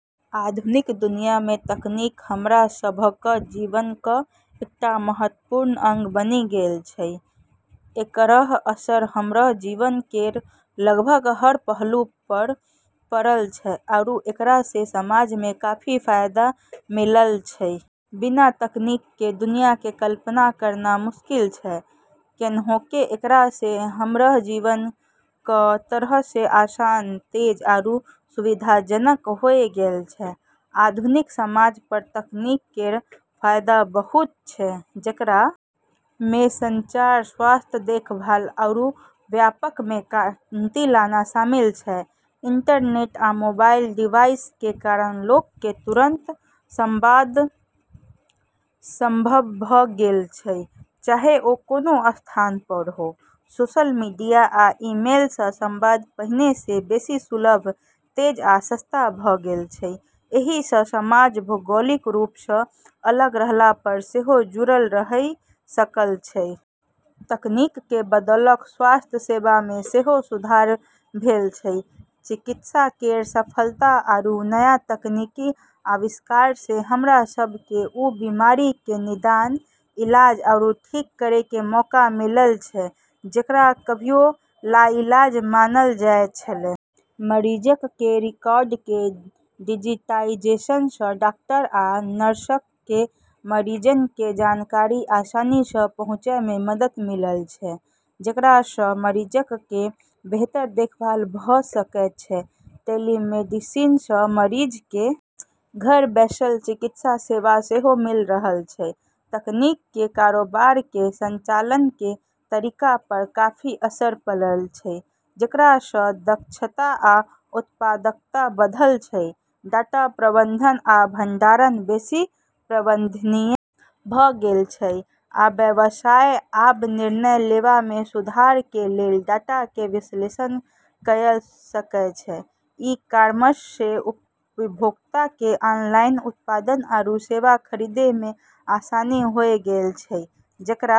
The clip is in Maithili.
आधुनिक दुनिया मे तकनीक हमरा सबहक जीवनक एकटा महत्वपूर्ण अंग बनि गेल अछि, एकरऽ असर हमरऽ जीवन केरऽ लगभग हर पहलू प॑ पड़लऽ छै आरू एकरा से समाज के काफी फायदा मिललऽ छै, बिना तकनीक के दुनिया के कल्पना करना मुश्किल छै कैन्हेंकि एकरा से हमरऽ जीवन कई तरह से आसान, तेज आरू सुविधाजनक होय गेलऽ छै, आधुनिक समाज पर तकनीक केरऽ फायदा बहुत छै जेकरा मे संचार, स्वास्थ्य देखभाल आरू व्यापार मे क्रांति लाना शामिल छै, इंटरनेट आ मोबाइल डिवाइस के कारण लोक के तुरंत संवाद संभव भ गेल अछि चाहे ओ कोनो स्थान पर हो, सोशल मीडिया आ ईमेल सं संवाद पहिने सं बेसि सुलभ, तेज आ सस्ता भ गेल अछि, एहि सँ समाज भौगोलिक रूप सँ अलग रहला पर सेहो जुड़ल रहि सकल अछि। तकनीक क बदौलत स्वास्थ्य सेवा मे सेहो सुधार भेल अछि। चिकित्सा केरऽ सफलता आरू नया तकनीकी आविष्कार से हमरा सब के उ बीमारी के निदान, इलाज आरू ठीक करै के मौका मिललऽ छै जेकरा कभियो लाइलाज मानलऽ जाय छेलै। मरीजक कें रिकॉर्ड कें डिजिटाइजेशन सं डॉक्टर आ नर्सक कें मरीजक कें जानकारी आसानी सं पहुंचय मे मदद मिलल छै जेकरा सं मरीजक कें बेहतर देखभाल भ सकय छै, टेलीमेडिसिन सं मरीज के घर बैसल चिकित्सा सेवा सेहो मिल रहल अछि, तकनीक कें कारोबार कें संचालन कें तरीका पर काफी असर पड़ल छै जेकरा सं दक्षता आ उत्पादकता बढ़ल छै, डाटा प्रबंधन आ भंडारण बेसि प्रबंधनीय भ गेल छै आ व्यवसाय आब निर्णय लेवा मे सुधार कें लेल डाटा कें विश्लेषण कयर सकय छै, ई-कॉमर्स से उपभोक्ता के ऑनलाइन उत्पाद आरू सेवा खरीदै मे आसानी होय गेलऽ छै जेकरा